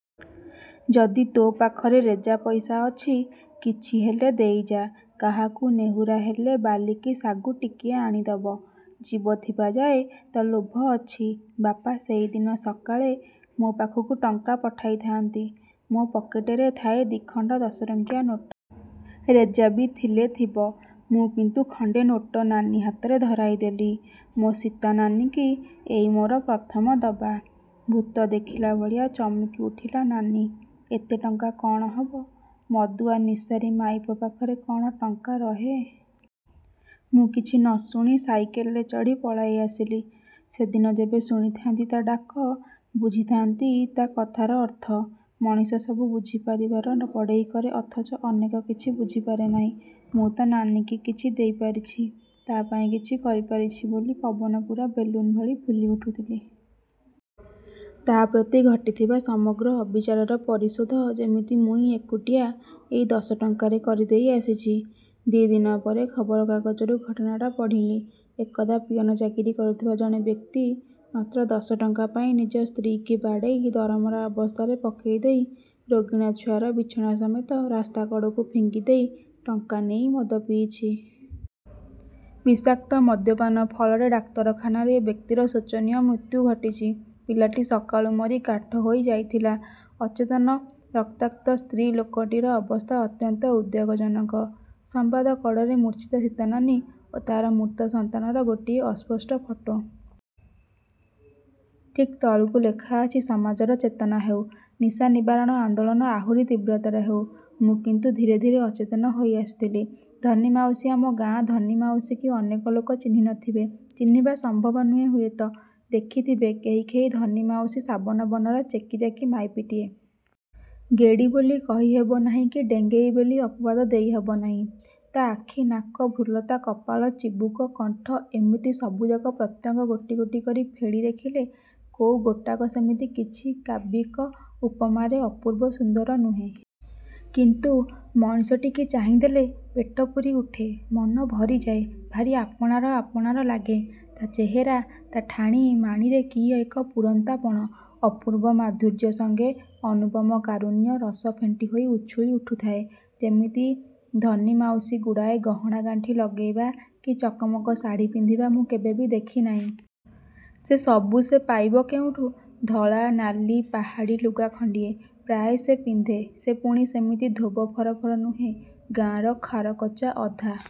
ଯଦି ତୋ ପାଖରେ ରେଜା ପଇସା ଅଛି କିଛି ହେଲେ ଦେଇଯା। କାହାକୁ ନେହୁରା ହେଲେ ବାଲି କି ସାଗୁ ଟିକିଏ ଆଣିଦବ। ଜୀବ ଥିବା ଯାଏ ତ ଲୋଭ ଅଛି। ବାପା ସେଇ ଦିନ ସକାଳେ ମୋ ପାଖକୁ ଟଙ୍କା ପଠାଇ ଥାନ୍ତି। ମୋ ପକେଟରେ ଥାଏ ଦିଖଣ୍ଡ ଦଶ ଟଙ୍କିଆ ନୋଟ। ରେଜାବି ଥିଲେ ଥିବ। ମୁଁ କିନ୍ତୁ ଖଣ୍ଡେ ନୋଟ ନାନୀ ହାତରେ ଧରାଇ ଦେଲି। ମୋ ସୀତା ନାନୀକି ଏଇ ମୋର ପ୍ରଥମ ଦବା। ଭୂତ ଦେଖିଲା ଭଳିଆ ଚମକି ଉଠିଲା ନାନୀ। ଏତେ ଟଙ୍କା କ'ଣ ହବ? ମଦୁଆ ନିଶାରୀ ମାଇପ ପାଖରେ କ'ଣ ଟଙ୍କା ରହେ? ମୁଁ କିଛି ନଶୁଣି ସାଇକେଲରେ ଚଢ଼ି ପଳାଇ ଆସିଲି। ସେଦିନ ଯେବେ ଶୁଣିଥାନ୍ତି ତା' ଡାକ, ବୁଝିଥାନ୍ତି ତା' କଥାର ଅର୍ଥ। ମଣିଷ ସବୁ ବୁଝି ପାରିବାର ବଡ଼େଇ କରେ ଅଥଚ ଅନେକ କିଛି ବୁଝିପାରେ ନାହିଁ-। ମୁଁ ତ ନାନୀକି କିଛି ଦେଇ ପାରିଛି, ତା' ପାଇଁ କିଛି କରି ପାରିଛି ବୋଲି ପବନ ପୁରା ବେଲୁନ୍ ଭଳି ଫୁଲି ଉଠୁଥିଲି। ତା' ପ୍ରତି ଘଟିଥିବା ସମଗ୍ର ଅବିଚାରର ପରିଶୋଧ ଯେମିତି ମୁଁଇ ଏକୁଟିଆ ଏଇ ଦଶଟା ଟଙ୍କାରେ କରି ଦେଇ ଆସିଛି। ଦି' ଦିନ ପରେ ଖବରକାଗଜରୁ ଘଟଣାଟା ପଢ଼ିଲି। ଏକଦା ପିଅନ ଚାକିରି କରୁଥିବା ଜଣେ ବ୍ୟକ୍ତି, ମାତ୍ର ଦଶଟଙ୍କା ପାଇଁ ନିଜ ସ୍ତ୍ରୀ' କି ବାଡ଼େଇ ଦରମରା ଅବସ୍ଥାରେ ପକେଇ ଦେଇ, ରୋଗିଣା ଛୁଆର ବିଛଣା ସମେତ ରାସ୍ତା କଢ଼କୁ ଫିଙ୍ଗିଦେଇ, ଟଙ୍କା ନେଇ ମଦ ପିଇଛି। ବିଷାକ୍ତ ମଦ୍ୟପାନ ଫଳରେ ଡାକ୍ତରଖାନାରେ ଏ ବ୍ୟକ୍ତିର ଶୋଚନୀୟ ମୁତ୍ୟୁ ଘଟିଚି। ପିଲାଟି ସକାଳୁ ମରି କାଠ ହୋଇ ଯାଇଥିଲା। ଅଚେତନ ରକ୍ତାକ୍ତ ସ୍ତ୍ରୀ ଲୋକଟିର ଅବସ୍ଥା ଅତ୍ୟନ୍ତ ଉଦ୍ବେଗଜନକ। ସମ୍ବାଦ କଡ଼ରେ ମୂର୍ଚ୍ଛିତା ସୀତାନାନୀ ଓ ତା'ର ମୃତ ସନ୍ତାନ ର ଗୋଟିଏ ଅସ୍ପଷ୍ଟ ଫଟୋ। ଠିକ୍ ତଳକୁ ଲେଖା ଅଛି-''ସମାଜର ଚେତନା ହେଉ। ନିଶାନିବାରଣ ଆନ୍ଦୋଳନ ଆହୁରି ତୀବ୍ରତର ହେଉ। " ମୁଁ କିନ୍ତୁ ଧୀରେ ଧୀରେ ଅଚେତନ ହୋଇ ଆସୁଥିଲି। ଧନୀ ମାଉସୀ ଆମ ଗାଁ ଧନୀ ମାଉସୀକି ଅନେକ ଲୋକ ଚିହ୍ନି ନଥିବେ। ଚିହ୍ନିବା ସମ୍ଭବ ନୁହେଁ ହୁଏତ ଦେଖିଥିବେ କେହି କେହି ଧନୀ ମାଉସୀ ସାବନ ବର୍ଣ୍ଣର ଚେକି ଚାକି ମାଇପିଟିଏ। ଗେଡ଼ି ବୋଲି କହି ହବ ନାହିଁ କି ଡେଙ୍ଗେଇ ବୋଲି ଅପବାଦ ଦେଇ ହବ ନାହିଁ। ତା' ଆଖି, ନାକ, ଭୃଲତା, କପାଳ, ଚିବୁକ କଣ୍ଠ ଏମିତି ସବୁଯାକ ପ୍ରତ୍ୟଙ୍ଗ ଗୋଟି ଗୋଟି କରି ଫେଡ଼ି ଦେଖିଲେ, କୋଉ ଗୋଟାକ ସେମିତି କିଛି, କାବ୍ୟିକ ଉପମାରେ ଅପୂର୍ବ ସୁନ୍ଦର ନୁହେଁ। କିନ୍ତୁ ମଣିଷଟିକି ଚାହିଁଦେଲେ ପେଟପୁରି ଉଠେ। ମନ ଭରିଯାଏ। ଭାରି ଆପଣାର ଆପଣାର ଲାଗେ। ତା' ଚେହେରା ତା' ଠାଣି ମାଣିରେ କି ଏକ ପୂରନ୍ତା ପଣ, ଅପୂର୍ବ ମାଧୁର୍ଯ୍ୟ ସଙ୍ଗେ ଅନୁପମ କାରୁଣ୍ୟ ରସ ଫେଣ୍ଟି ହୋଇ ଉଛୁଳି ଉଠୁଥାଏ ଯେମିତି। ଧନୀ ମାଉସୀ ଗୁଡ଼ାଏ ଗହଣା ଗାଣ୍ଠି ଲଗେଇବା, କି ଚକ୍ ମକ୍ ଶାଢ଼ି ପିନ୍ଧିବା, ମୁଁ କେବେ ବି ଦେଖିନାହିଁ। ସେ ସବୁ ସେ ପାଇବ କେଉଠୁ? ଧଳା, ନାଲି ପାହାଡ଼ି ଲୁଗା ଖଣ୍ଡିଏ, ପ୍ରାୟ ସେ ପିନ୍ଧେ-। ସେ ପୁଣି ସେମିତି ଧୋବ ଫର ଫର ନୁହେଁ। ଗାଁ'ର ଖାରକଚା ଅଧା